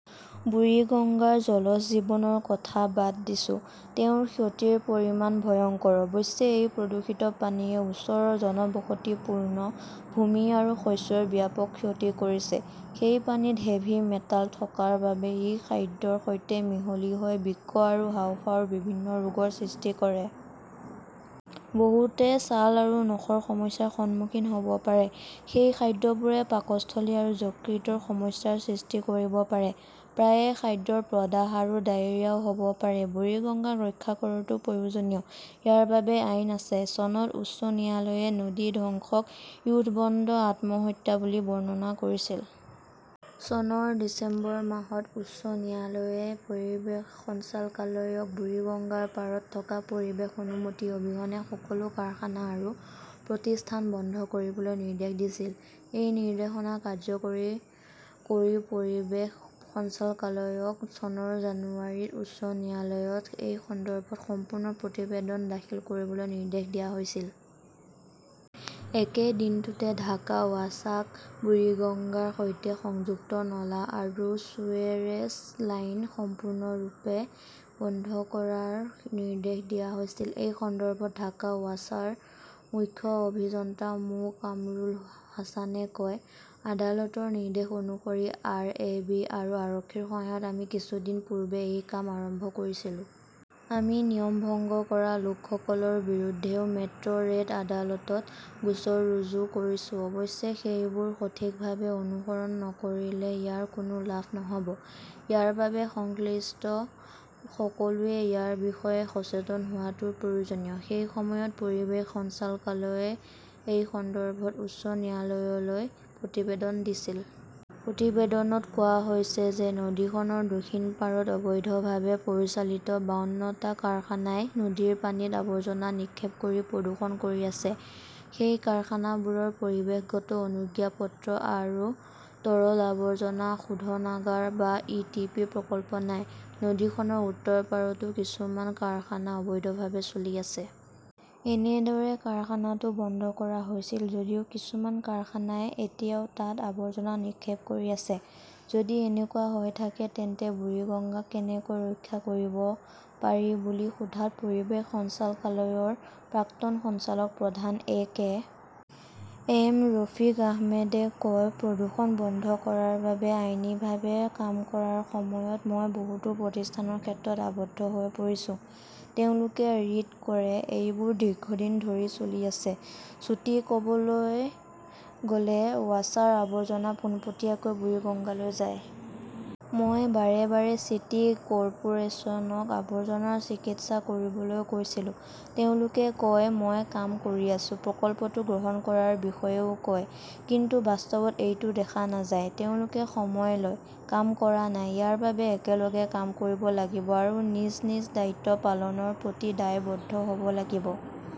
বুৰিগঙ্গাৰ জলজ জীৱনৰ কথা বাদ দিছো। তেওঁৰ ক্ষতিৰ পৰিমাণ ভয়ংকৰ। অৱশ্যে, এই প্ৰদূষিত পানীয়ে ওচৰৰ জনবসতিপূৰ্ণ ভূমি আৰু শস্যৰ ব্যাপক ক্ষতি কৰিছে। সেই পানীত হেভি মেটাল থকাৰ বাবে ই খাদ্যৰ সৈতে মিহলি হৈ বৃক্ক আৰু হাঁওফাঁওৰ বিভিন্ন ৰোগৰ সৃষ্টি কৰে। বহুতে ছাল আৰু নখৰ সমস্যাৰ সন্মুখীন হ'ব পাৰে। সেই খাদ্যবোৰে পাকস্থলী আৰু যকৃতৰ সমস্যাৰ সৃষ্টি কৰিব পাৰে। প্ৰায়ে খাদ্যৰ প্ৰদাহ আৰু ডায়েৰিয়াও হ'ব পাৰে। বুৰিগংগাক ৰক্ষা কৰাটো প্ৰয়োজনীয়। ইয়াৰ বাবে আইন আছে। চনত উচ্চ ন্যায়ালয়ে নদী ধ্বংসক য়ুথবন্দ আত্মহত্যা বুলি বৰ্ণনা কৰিছিল। চনৰ ডিচেম্বৰ মাহত উচ্চ ন্যায়ালয়ে পৰিৱেশ সঞ্চালকালয়ক বুৰিগঙ্গাৰ পাৰত থকা পৰিৱেশ অনুমতি অবিহনে সকলো কাৰখানা আৰু প্ৰতিষ্ঠান বন্ধ কৰিবলৈ নিৰ্দেশ দিছিল। এই নিৰ্দেশনা কাৰ্যকৰী কৰি পৰিৱেশ সঞ্চালকালয়ক চনৰ জানুৱাৰীত উচ্চ ন্যায়ালয়ত এই সন্দৰ্ভত সম্পূৰ্ণ প্ৰতিবেদন দাখিল কৰিবলৈ নিৰ্দেশ দিয়া হৈছিল। একে দিনটোতে ঢাকা ৱাছাক বুৰিগঙ্গাৰ সৈতে সংযুক্ত নলা আৰু সুৱেৰেজ লাইন সম্পূৰ্ণৰূপে বন্ধ কৰাৰ নিৰ্দেশ দিয়া হৈছিল। এই সন্দৰ্ভত ঢাকা ৱাছাৰ মুখ্য অভিযন্তা মো. কামৰুল হাছানে কয়, আদালতৰ নিৰ্দেশ অনুসৰি আৰএবি আৰু আৰক্ষীৰ সহায়ত আমি কিছুদিন পূৰ্বে এই কাম আৰম্ভ কৰিছিলো। আমি নিয়ম ভংগ কৰা লোকসকলৰ বিৰুদ্ধেও মেট্ৰ'ৰেট আদালতত গোচৰ ৰুজু কৰিছো। অৱশ্যে, সেইবোৰ সঠিকভাৱে অনুসৰণ নকৰিলে ইয়াৰ কোনো লাভ নহ'ব। ইয়াৰ বাবে সংশ্লিষ্ট সকলোৱে ইয়াৰ বিষয়ে সচেতন হোৱাটো প্ৰয়োজনীয়। সেই সময়ত পৰিৱেশ সঞ্চালকালয়ই এই সন্দৰ্ভত উচ্চ ন্যায়ালয়লৈ প্ৰতিবেদন দিছিল। প্ৰতিবেদনত কোৱা হৈছে যে নদীখনৰ দক্ষিণ পাৰত অবৈধভাৱে পৰিচালিত বাৱন্ন টা কাৰখানাই নদীৰ পানীত আৱৰ্জনা নিক্ষেপ কৰি প্ৰদূষণ কৰি আছে। সেই কাৰখানাবোৰৰ পৰিৱেশগত অনুজ্ঞাপত্ৰ আৰু তৰল আৱৰ্জনা শোধনাগাৰ বা ইটিপি প্ৰকল্প নাই। নদীখনৰ উত্তৰ পাৰতো কিছুমান কাৰখানা অবৈধভাৱে চলি আছে। এনেদৰে কাৰখানাটো বন্ধ কৰা হৈছিল যদিও কিছুমান কাৰখানাই এতিয়াও তাত আৱৰ্জনা নিক্ষেপ কৰি আছে। যদি এনেকুৱা হৈ থাকে তেন্তে বুৰিগংগাক কেনেকৈ ৰক্ষা কৰিব পাৰি বুলি সোধাত পৰিৱেশ সঞ্চালকালয়ৰ প্ৰাক্তন সঞ্চালক প্ৰধান এ. কে. এম. ৰফিক আহমেদে কয়, প্ৰদূষণ বন্ধ কৰাৰ বাবে আইনীভাৱে কাম কৰাৰ সময়ত মই বহুতো প্ৰতিষ্ঠানৰ ক্ষেত্ৰত আবদ্ধ হৈ পৰিছো। তেওঁলোকে ৰিট কৰে। এইবোৰ দীৰ্ঘদিন ধৰি চলি আছে। চুটি ক'বলৈ গ'লে ৱাছাৰ আৱৰ্জনা পোনপটীয়াকৈ বুৰিগঙ্গালৈ যায়। মই বাৰে বাৰে চিটি কৰ্পোৰেচনক আৱৰ্জনাৰ চিকিৎসা কৰিবলৈ কৈছিলো। তেওঁলোকে কয় মই কাম কৰি আছো। প্ৰকল্পটো গ্ৰহণ কৰাৰ বিষয়েও কয়। কিন্তু বাস্তৱত এইটো দেখা নাযায়। তেওঁলোকে সময় লয়, কাম কৰা নাই। ইয়াৰ বাবে একেলগে কাম কৰিব লাগিব আৰু নিজ নিজ দায়িত্ব পালনৰ প্ৰতি দায়বদ্ধ হ'ব লাগিব।